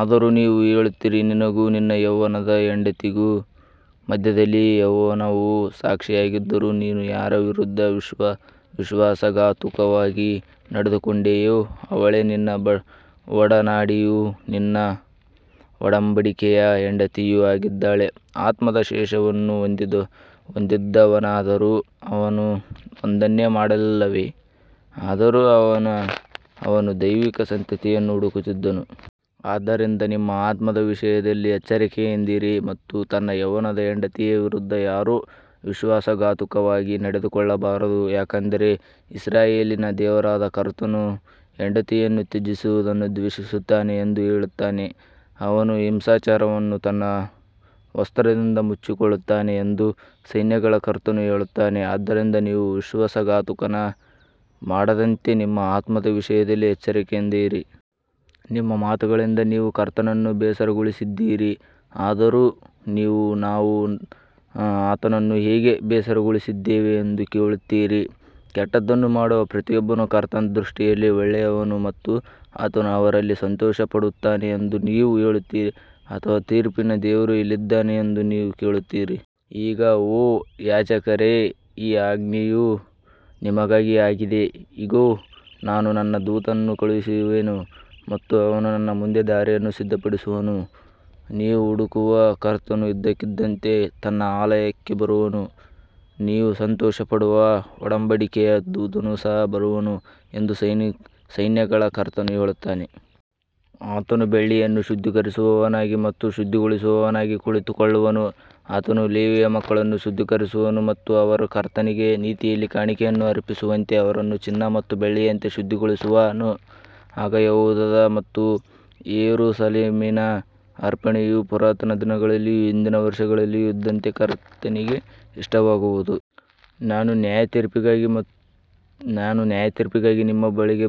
ಆದರೂ ನೀವು ಹೇಳುತ್ತೀರಿ, ನಿನಗೂ ನಿನ್ನ ಯೌವನದ ಹೆಂಡತಿಗೂ ಮಧ್ಯದಲ್ಲಿ ಯೆಹೋವನು ಸಾಕ್ಷಿಯಾಗಿದ್ದರೂ, ನೀನು ಯಾರ ವಿರುದ್ಧ ವಿಶ್ವಾಸಘಾತುಕವಾಗಿ ನಡೆದುಕೊಂಡೆಯೋ ಅವಳೇ ನಿನ್ನ ಒಡನಾಡಿಯೂ ನಿನ್ನ ಒಡಂಬಡಿಕೆಯ ಹೆಂಡತಿಯೂ ಆಗಿದ್ದಾಳೆ. ಆತ್ಮದ ಶೇಷವನ್ನು ಹೊಂದಿದ್ದವನಾದರೂ, ಅವನು ಒಂದನ್ನೇ ಮಾಡಲಿಲ್ಲವೇ? ಆದರೂ ಅವನು ದೈವಿಕ ಸಂತತಿಯನ್ನು ಹುಡುಕುತ್ತಿದ್ದನು. ಆದ್ದರಿಂದ ನಿಮ್ಮ ಆತ್ಮದ ವಿಷಯದಲ್ಲಿ ಎಚ್ಚರಿಕೆಯಿಂದಿರಿ ಮತ್ತು ತನ್ನ ಯೌವನದ ಹೆಂಡತಿಯ ವಿರುದ್ಧ ಯಾರೂ ವಿಶ್ವಾಸಘಾತುಕವಾಗಿ ನಡೆದುಕೊಳ್ಳಬಾರದು. ಯಾಕಂದರೆ ಇಸ್ರಾಯೇಲಿನ ದೇವರಾದ ಕರ್ತನು ಹೆಂಡತಿಯನ್ನು ತ್ಯಜಿಸುವುದನ್ನು ದ್ವೇಷಿಸುತ್ತಾನೆ ಎಂದು ಹೇಳುತ್ತಾನೆ. ಅವನು ಹಿಂಸಾಚಾರವನ್ನು ತನ್ನ ವಸ್ತ್ರದಿಂದ ಮುಚ್ಚಿಕೊಳ್ಳುತ್ತಾನೆ ಎಂದು ಸೈನ್ಯಗಳ ಕರ್ತನು ಹೇಳುತ್ತಾನೆ. ಆದ್ದರಿಂದ ನೀವು ವಿಶ್ವಾಸಘಾತುಕತನ ಮಾಡದಂತೆ ನಿಮ್ಮ ಆತ್ಮದ ವಿಷಯದಲ್ಲಿ ಎಚ್ಚರಿಕೆಯಿಂದಿರಿ. ನಿಮ್ಮ ಮಾತುಗಳಿಂದ ನೀವು ಕರ್ತನನ್ನು ಬೇಸರಗೊಳಿಸಿದ್ದೀರಿ. ಆದರೂ ನೀವು, ನಾವು ಆತನನ್ನು ಹೇಗೆ ಬೇಸರಗೊಳಿಸಿದ್ದೇವೆ ಎಂದು ಕೇಳುತ್ತೀರಿ. ಕೆಟ್ಟದ್ದನ್ನು ಮಾಡುವ ಪ್ರತಿಯೊಬ್ಬನೂ ಕರ್ತನ ದೃಷ್ಟಿಯಲ್ಲಿ ಒಳ್ಳೆಯವನು ಮತ್ತು ಆತನು ಅವರಲ್ಲಿ ಸಂತೋಷಪಡುತ್ತಾನೆ ಎಂದು ನೀವು ಹೇಳುತ್ತೀರಿ. ಅಥವಾ, ತೀರ್ಪಿನ ದೇವರು ಎಲ್ಲಿದ್ದಾನೆ ಎಂದು ನೀವು ಕೇಳುತ್ತೀರಿ. ಈಗ ಓ ಯಾಜಕರೇ, ಈ ಆಜ್ಞೆಯು ನಿಮಗಾಗಿ ಆಗಿದೆ. ಇಗೋ, ನಾನು ನನ್ನ ದೂತನನ್ನು ಕಳುಹಿಸುವೆನು ಮತ್ತು ಅವನು ನನ್ನ ಮುಂದೆ ದಾರಿಯನ್ನು ಸಿದ್ಧಪಡಿಸುವನು. ನೀವು ಹುಡುಕುವ ಕರ್ತನು ಇದ್ದಕ್ಕಿದ್ದಂತೆ ತನ್ನ ಆಲಯಕ್ಕೆ ಬರುವನು. ನೀವು ಸಂತೋಷಪಡುವ ಒಡಂಬಡಿಕೆಯ ದೂತನು ಸಹ ಬರುವನು ಎಂದು ಸೈನ್ಯಗಳ ಕರ್ತನು ಹೇಳುತ್ತಾನೆ. ಆತನು ಬೆಳ್ಳಿಯನ್ನು ಶುದ್ಧೀಕರಿಸುವವನಾಗಿ ಮತ್ತು ಶುದ್ಧಿಗೊಳಿಸುವವನಾಗಿ ಕುಳಿತುಕೊಳ್ಳುವನು. ಆತನು ಲೇವಿಯ ಮಕ್ಕಳನ್ನು ಶುದ್ಧೀಕರಿಸುವನು ಮತ್ತು ಅವರು ಕರ್ತನಿಗೆ ನೀತಿಯಲ್ಲಿ ಕಾಣಿಕೆಯನ್ನು ಅರ್ಪಿಸುವಂತೆ ಅವರನ್ನು ಚಿನ್ನ ಮತ್ತು ಬೆಳ್ಳಿಯಂತೆ ಶುದ್ಧಿಗೊಳಿಸುವನು. ಆಗ ಯೆಹೂದದ ಮತ್ತು ಯೆರೂಸಲೇಮಿನ ಅರ್ಪಣೆಯು ಪುರಾತನ ದಿನಗಳಲ್ಲಿಯೂ ಹಿಂದಿನ ವರ್ಷಗಳಲ್ಲಿಯೂ ಇದ್ದಂತೆ ಕರ್ತನಿಗೆ ಇಷ್ಟವಾಗುವುದು. ನಾನು ನ್ಯಾಯತೀರ್ಪಿಗಾಗಿ ನಿಮ್ಮ ಬಳಿಗೆ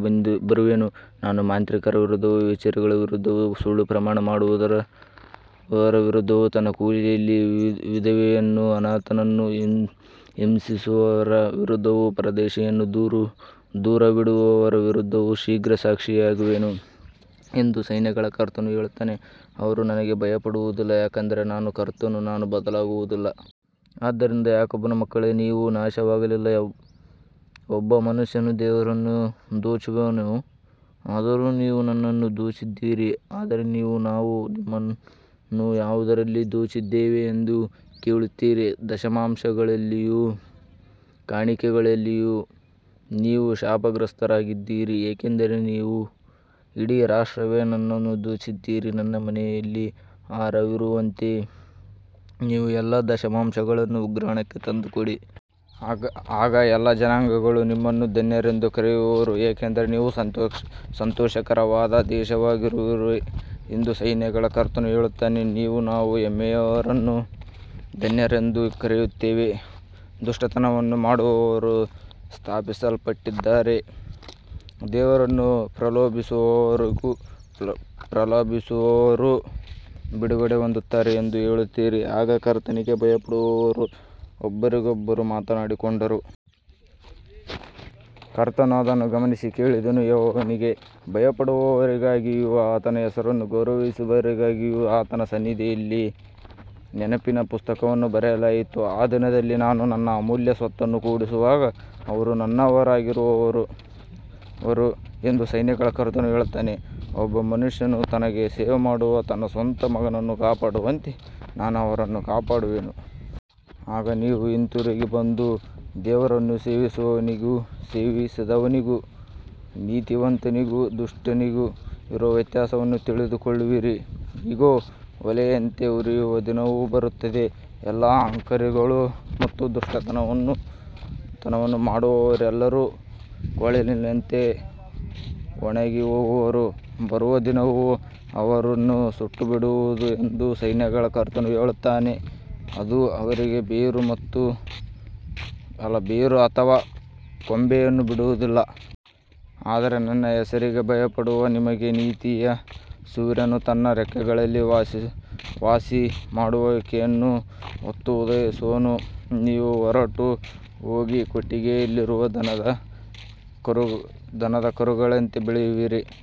ಬರುವೆನು. ನಾನು ಮಾಂತ್ರಿಕರ ವಿರುದ್ಧವೂ ವ್ಯಭಿಚಾರಿಗಳ ವಿರುದ್ಧವೂ ಸುಳ್ಳು ಪ್ರಮಾಣ ಮಾಡುವವರ ವಿರುದ್ಧವೂ ತನ್ನ ಕೂಲಿಯಲ್ಲಿ ವಿಧವೆಯನ್ನೂ ಅನಾಥನನ್ನೂ ಹಿಂಸಿಸುವವರ ವಿರುದ್ಧವೂ ಪರದೇಶಿಯನ್ನು ದೂರವಿಡುವವರ ವಿರುದ್ಧವೂ ಶೀಘ್ರ ಸಾಕ್ಷಿಯಾಗುವೆನು ಎಂದು ಸೈನ್ಯಗಳ ಕರ್ತನು ಹೇಳುತ್ತಾನೆ. ಅವರು ನನಗೆ ಭಯಪಡುವುದಿಲ್ಲ. ಯಾಕಂದರೆ ನಾನು ಕರ್ತನು, ನಾನು ಬದಲಾಗುವುದಿಲ್ಲ. ಆದ್ದರಿಂದ ಯಾಕೋಬನ ಮಕ್ಕಳೇ, ನೀವು ನಾಶವಾಗಲಿಲ್ಲ. ಒಬ್ಬ ಮನುಷ್ಯನು ದೇವರನ್ನು ದೋಚುವನೋ? ಆದರೂ ನೀವು ನನ್ನನ್ನು ದೋಚಿದ್ದೀರಿ. ಆದರೆ ನೀವು, ನಾವು ನಿಮ್ಮನ್ನು ಯಾವುದರಲ್ಲಿ ದೋಚಿದ್ದೇವೆ ಎಂದು ಕೇಳುತ್ತೀರಿ. ದಶಮಾಂಶಗಳಲ್ಲಿಯೂ ಕಾಣಿಕೆಗಳಲ್ಲಿಯೂ. ನೀವು ಶಾಪಗ್ರಸ್ತರಾಗಿದ್ದೀರಿ, ಏಕೆಂದರೆ ನೀವು ಇಡೀ ರಾಷ್ಟ್ರವೇ ನನ್ನನ್ನು ದೋಚಿದ್ದೀರಿ. ನನ್ನ ಮನೆಯಲ್ಲಿ ಆಹಾರವಿರುವಂತೆ ನೀವು ಎಲ್ಲಾ ದಶಮಾಂಶಗಳನ್ನು ಉಗ್ರಾಣಕ್ಕೆ ತಂದುಕೊಡಿ. ಆಗ ಎಲ್ಲಾ ಜನಾಂಗಗಳು ನಿಮ್ಮನ್ನು ಧನ್ಯರೆಂದು ಕರೆಯುವರು, ಏಕೆಂದರೆ ನೀವು ಸಂತೋಷಕರವಾದ ದೇಶವಾಗಿರುವಿರಿ ಎಂದು ಸೈನ್ಯಗಳ ಕರ್ತನು ಹೇಳುತ್ತಾನೆ. ನೀವು, ನಾವು ಹೆಮ್ಮೆಯವರನ್ನು ಧನ್ಯರೆಂದು ಕರೆಯುತ್ತೇವೆ, ದುಷ್ಟತನವನ್ನು ಮಾಡುವವರು ಸ್ಥಾಪಿಸಲ್ಪಟ್ಟಿದ್ದಾರೆ, ದೇವರನ್ನು ಪ್ರಲೋಭಿಸುವವರೂ ಬಿಡುಗಡೆ ಹೊಂದುತ್ತಾರೆ ಎಂದು ಹೇಳುತ್ತೀರಿ. ಆಗ ಕರ್ತನಿಗೆ ಭಯಪಡುವವರು ಒಬ್ಬರಿಗೊಬ್ಬರು ಮಾತನಾಡಿಕೊಂಡರು. ಕರ್ತನು ಅದನ್ನು ಗಮನಿಸಿ ಕೇಳಿದನು. ಯೆಹೋವನಿಗೆ ಭಯಪಡುವವರಿಗಾಗಿಯೂ ಆತನ ಹೆಸರನ್ನು ಗೌರವಿಸುವವರಿಗಾಗಿಯೂ ಆತನ ಸನ್ನಿಧಿಯಲ್ಲಿ ನೆನಪಿನ ಪುಸ್ತಕವನ್ನು ಬರೆಯಲಾಯಿತು. ಆ ದಿನದಲ್ಲಿ ನಾನು ನನ್ನ ಅಮೂಲ್ಯ ಸ್ವತ್ತನ್ನು ಕೂಡಿಸುವಾಗ ಅವರು ನನ್ನವರಾಗಿರುವರು ಎಂದು ಸೈನ್ಯಗಳ ಕರ್ತನು ಹೇಳುತ್ತಾನೆ. ಒಬ್ಬ ಮನುಷ್ಯನು ತನಗೆ ಸೇವೆಮಾಡುವ ತನ್ನ ಸ್ವಂತ ಮಗನನ್ನು ಕಾಪಾಡುವಂತೆ ನಾನು ಅವರನ್ನು ಕಾಪಾಡುವೆನು. ಆಗ ನೀವು ಹಿಂತಿರುಗಿ ಬಂದು ದೇವರನ್ನು ಸೇವಿಸುವವನಿಗೂ ಸೇವಿಸದವನಿಗೂ, ನೀತಿವಂತನಿಗೂ ದುಷ್ಟನಿಗೂ ಇರುವ ವ್ಯತ್ಯಾಸವನ್ನು ತಿಳಿದುಕೊಳ್ಳುವಿರಿ. ಇಗೋ, ಒಲೆಯಂತೆ ಉರಿಯುವ ದಿನವು ಬರುತ್ತದೆ. ಎಲ್ಲಾ ಅಹಂಕಾರಿಗಳೂ ಮತ್ತು ದುಷ್ಟತನವನ್ನು ಮಾಡುವವರೆಲ್ಲರೂ ಕೊಳಲಿನಂತೆ ಒಣಗಿಹೋಗುವರು. ಬರುವ ದಿನವು ಅವರನ್ನು ಸುಟ್ಟುಬಿಡುವುದು ಎಂದು ಸೈನ್ಯಗಳ ಕರ್ತನು ಹೇಳುತ್ತಾನೆ. ಅದು ಅವರಿಗೆ ಬೇರು ಅಥವಾ ಕೊಂಬೆಯನ್ನು ಬಿಡುವುದಿಲ್ಲ. ಆದರೆ ನನ್ನ ಹೆಸರಿಗೆ ಭಯಪಡುವ ನಿಮಗೆ ನೀತಿಯ ಸೂರ್ಯನು ತನ್ನ ರೆಕ್ಕೆಗಳಲ್ಲಿ ವಾಸಿಮಾಡುವಿಕೆಯನ್ನು ಹೊತ್ತು ಉದಯಿಸುವನು. ನೀವು ಹೊರಟು ಹೋಗಿ ಕೊಟ್ಟಿಗೆಯಲ್ಲಿರುವ ದನದ ಕರುಗಳಂತೆ ಬೆಳೆಯುವಿರಿ.